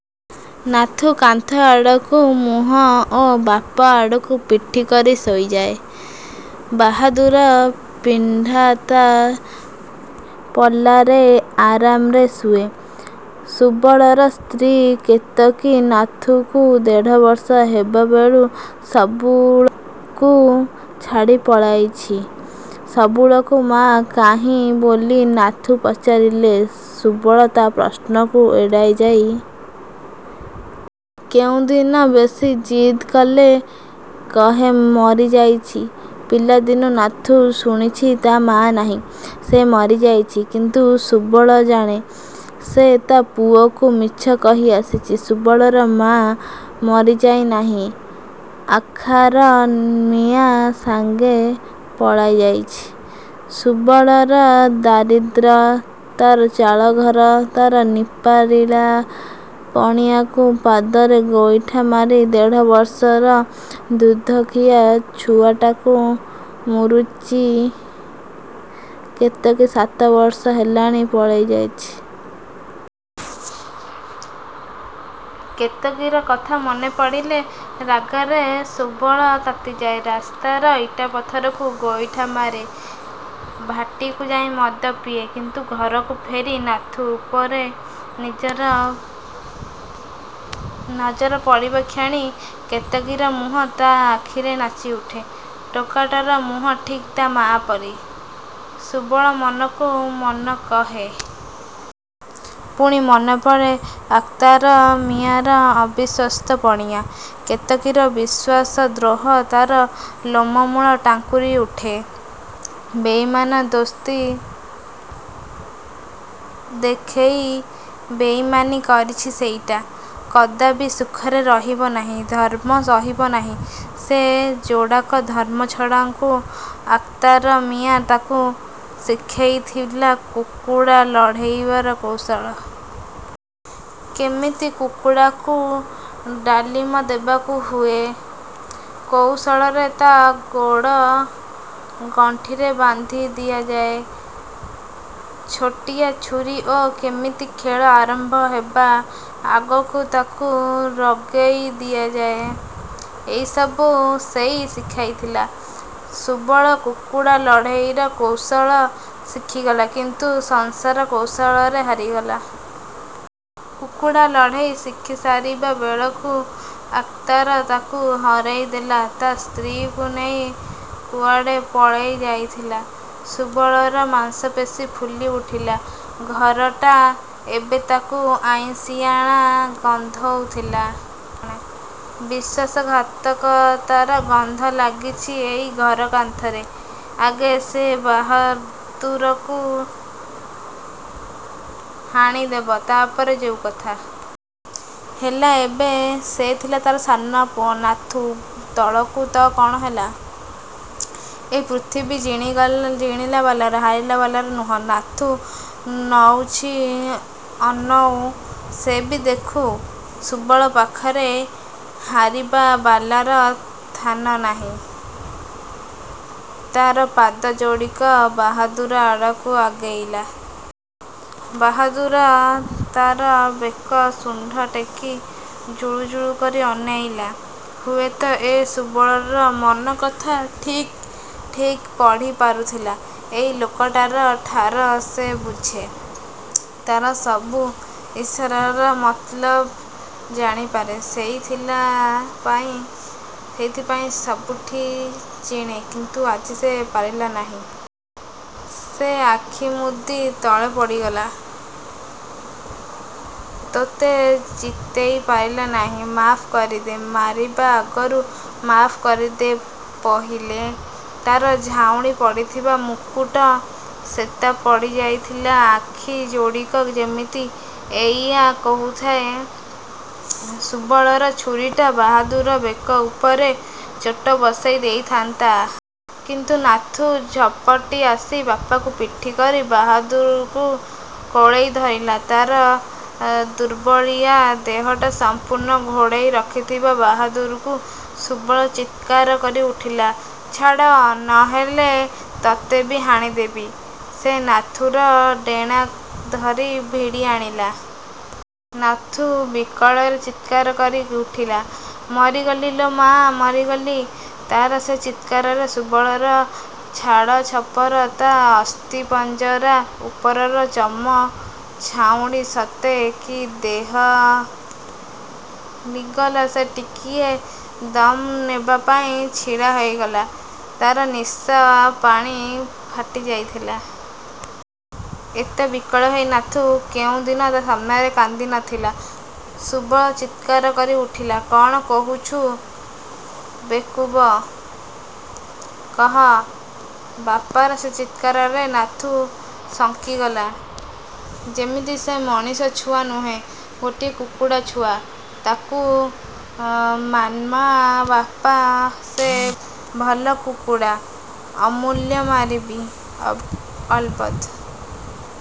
ନାଥୁ କାନ୍ଥ ଆଡ଼କୁ ମୁହଁ ଓ ବାପ ଆଡ଼କୁ ପିଠି କରି ଶୋଇଯାଏ। ବାହାଦୁର ପିଣ୍ଡା ତା ପଲାରେ ଆରାମରେ ଶୁଏ। ସୁବଳର ସ୍ତ୍ରୀ କେତକୀ ନାଥୁକୁ ଦେଢ଼ବର୍ଷ ହେବାବେଳୁ ସୁବୁଳକୁ ଛାଡ଼ି ପଳେଇଛି। ସୁବଳକୁ 'ମା କାହିଁ' ବୋଲି ନାଥୁ ପଚାରିଲେ ସୁବଳ ତା ପ୍ରଶ୍ନକୁ ଏଡ଼େଇଯାଏ। କେଉଁଦିନ ବେଶି ଜିଦ୍ କଲେ କହେ 'ମରିଯାଇଛି'। ପିଲାଦିନୁ ନାଥୁ ଶୁଣିଛି, ତା ମା ନାହିଁ। ସେ ମରିଯାଇଛି। କିନ୍ତୁ ସୁବଳ ଜାଣେ, ସେ ତା ପୁଅକୁ ମିଛ କହି ଆସିଛି। ସୁବଳର ମା ମରିଯାଇନାହିଁ, ଆଖ୍ତାର ମିଆଁ ସାଙ୍ଗେ ପଳେଇଯାଇଛି। ସୁବଳର ଦାରିଦ୍ର୍ୟ, ତାର ଚାଳଘର, ତାର ନିପାରିଲା ପଣିଆକୁ ପାଦରେ ଗୋଇଠା ମାରି, ଦେଢ଼ବର୍ଷର ଦୁଧଖିଆ ଛୁଆଟାକୁ ମୂରୁଛି କେତକୀ ସାତବର୍ଷ ହେଲାଣି ପଳେଇଯାଇଛି। କେତକୀର କଥା ମନେପଡ଼ିଲେ ରାଗରେ ସୁବଳ ତାତିଯାଏ। ରାସ୍ତାର ଇଟାପଥରକୁ ଗୋଇଠା ମାରେ। ଭାଟିକୁ ଯାଇ ମଦ ପିଏ। କିନ୍ତୁ ଘରକୁ ଫେରି ନାଥୁ ଉପରେ ନିଜର ନଜର ପଡ଼ିବା କ୍ଷଣି କେତକୀର ମୁହଁ ତା ଆଖିରେ ନାଚି ଉଠେ। ଟୋକାଟାର ମୁହଁ ଠିକ୍ ତା ମା ପରି, ସୁବଳ ମନକୁ ମନ କହେ। ପୁଣି ମନେପଡ଼େ ଆଖ୍ତାର ମିଆଁର ଅବିଶ୍ୱସ୍ତ ପଣିଆ, କେତକୀର ବିଶ୍ୱାସଦ୍ରୋହ। ତାର ଲୋମମୂଳ ଟାଙ୍କୁରି ଉଠେ। ବେଇମାନ! ଦୋସ୍ତି ଦେଖେଇ ବେଇମାନି କରିଛି ସେଇଟା, କଦାପି ସୁଖରେ ରହିବ ନାହିଁ। ଧର୍ମ ସହିବ ନାହିଁ ସେ ଯୋଡ଼ାକ ଧର୍ମଛଡ଼ାଙ୍କୁ। ଆଖ୍ତାର ମିଆଁ ତାକୁ ଶିଖେଇଥିଲା କୁକୁଡ଼ା ଲଢ଼େଇବର କୌଶଳ। କେମିତି କୁକୁଡ଼ାକୁ ଡ଼ାଲିମ ଦେବାକୁ ହୁଏ, କଉଶଳରେ ତା ଗୋଡ଼ ଗଣ୍ଠିରେ ବାନ୍ଧି ଦିଆଯାଏ ଛୋଟିଆ ଛୁରୀ ଓ କେମିତି ଖେଳ ଆରମ୍ଭ ହେବା ଆଗରୁ ତାକୁ ରଗେଇ ଦିଆଯାଏ, ଏସବୁ ସେଇ ଶିଖେଇଥିଲା। ସୁବଳ କୁକୁଡ଼ା ଲଢ଼େଇର କୌଶଳ ଶିଖିଗଲା, କିନ୍ତୁ ସଂସାର କୌଶଳରେ ହାରିଗଲା। କୁକୁଡ଼ା ଲଢ଼େଇ ଶିଖିସାରିବା ବେଳକୁ ଆଖ୍ତାର୍ ତାକୁ ହରେଇଦେଲା ଦେଇ ତା ସ୍ତ୍ରୀକୁ ନେଇ କୁଆଡ଼େ ପଳେଇ ଯାଇଥିଲା। ସୁବଳର ମାଂସପେଶୀ ଫୁଲି ଉଠିଲା। ଘରଟା ଏବେ ତାକୁ ଆଇଁଷିଣିଆ ଗନ୍ଧଉଥିଲା। ବିଶ୍ୱାସଘାତକତାର ଗନ୍ଧ ଲାଗିଛି ଏଇ ଘର କାନ୍ଥରେ। ଆଗେ ସେ ବାହାଦୁରକୁ ହାଣିଦେବ, ତାପରେ ଯୋଉ କଥା। ହେଲା ଏବେ, ସେ ଥିଲା ତାର ସାନପୁଅ, ନାଥୁ ତଳକୁ। ତ କଣ ହେଲା? ଏ ପୃଥିବୀ ଜିଣିଲାବାଲାର। ହାରିଲାବାଲାର ନୁହେଁ। ନାଥୁ ଅନଉଛି, ଅନଉ। ସେ ବି ଦେଖୁ। ସୁବଳ ପାଖରେ ହାରିବାବାଲାର ଥାନ ନାହିଁ। ତାର ପାଦ ଯୋଡ଼ିକ ବାହାଦୁର୍ ଆଡ଼କୁ ଆଗେଇଗଲା। ବାହାଦୁର୍ ତାର ବେକ ଶଣ୍ଢା ଟେକି ଜୁଳୁଜୁଳୁ କରି ଅନେଇଲା। ହୁଏତ ସେ ସୁବଳର ମନକଥା ଠିକ୍ ଠିକ୍ ପଢ଼ି ପାରୁଥିଲା। ଏଇ ଲୋକଟାର ଠାର ସେ ବୁଝେ। ତାର ସବୁ ଇସାରାର ମତଲବ ଜାଣିପାରେ। ସେଇଥିପାଇଁ ସେ ସବୁଠି ଜିଣେ। କିନ୍ତୁ ଆଜି ସେ ପାରିଲା ନାହିଁ। ସେ ଆଖିମୁଦି ତଳେ ପଡ଼ିଗଲା, ତୋତେ ଜିତେଇ ପାରିଲି ନାହିଁ, ମାଫ୍ କରିଦେ। ମାରିବା ଆଗରୁ ମାଫ୍ କରିଦେ ପହିଲେ, ତାର ଝାଉଁଳି ପଡ଼ିଥିବା ମୁକୁଟ, ଶେତା ପଡ଼ିଯାଇଥିବା ଆଖିଯୋଡ଼ିକ ଯେମିତି ଏଇଆ କହୁଥାଏ। ସୁବଳର ଛୁରୀଟା ବାହାଦୁର୍ ବେକ ଉପରେ ଚୋଟ ବସେଇ ଦେଇଥାଆନ୍ତା। କିନ୍ତୁ ନାଥୁ ଝପଟି ଆସି ବାପକୁ ପିଠି କରି ବାହାଦୁର୍କୁ କୋଳେଇ ଧଇଲା। ତାର ଦୁର୍ବଳିଆ ଦେହଟା ସଂପୂର୍ଣ୍ଣ ଘୋଡ଼େଇ ରଖିଥିଲା ବାହାଦୁର୍କୁ। ସୁବଳ ଚିତ୍କାର କରି ଉଠିଲା, "ଛାଡ୍, ନ ହେଲେ ତୋତେ ବି ହାଣିଦେବି।" ସେ ନାଥୁର ଡେଣା ଧରି ଭିଡ଼ି ଆଣିଲା। ନାଥୁ ବିକଳରେ ଚିତ୍କାର କରି ଉଠିଲା, "ମରିଗଲି ଲୋ ମା, ମରିଗଲି " ତାର ସେ ଚିତ୍କାରରେ ସୁବଳର ଚାଳଛପର, ତା ଅସ୍ଥିପଞ୍ଜରା ଉପରର ଚମ ଛାଉଣି ସତେ କି ଦୋହଲିଗଲା। ସେ ଟିକିଏ ଦମ୍ ନେବା ପାଇଁ ଛିଡ଼ା ହୋଇଗଲା। ତାର ନିଶା ପାଣି ଫାଟିଯାଇଥିଲା। ଏତେ ବିକଳ ହୋଇ ନାଥୁ କେଉଁଦିନ ତା ସାମ୍ନାରେ କାନ୍ଦି ନଥିଲା। ସୁବଳ ଚିତ୍କାର କରି ଉଠିଲା, "କଣ କହୁଛୁ ବେକୁବ? କହ!" ବାପର ସେ ଚିତ୍କାରରେ ନାଥୁ ଶଙ୍କିଗଲା। ଯେମିତି ସେ ମଣିଷଛୁଆ ନୁହେଁ, ଗୋଟେ କୁକୁଡ଼ାଛୁଆ। "ତାକୁ ମାର୍ନା ବାପା। ସେ ଭଲ କୁକୁଡ଼ା।" "ଅଲ୍ବତ୍ ମାରିବି। ଅଲବତ୍।"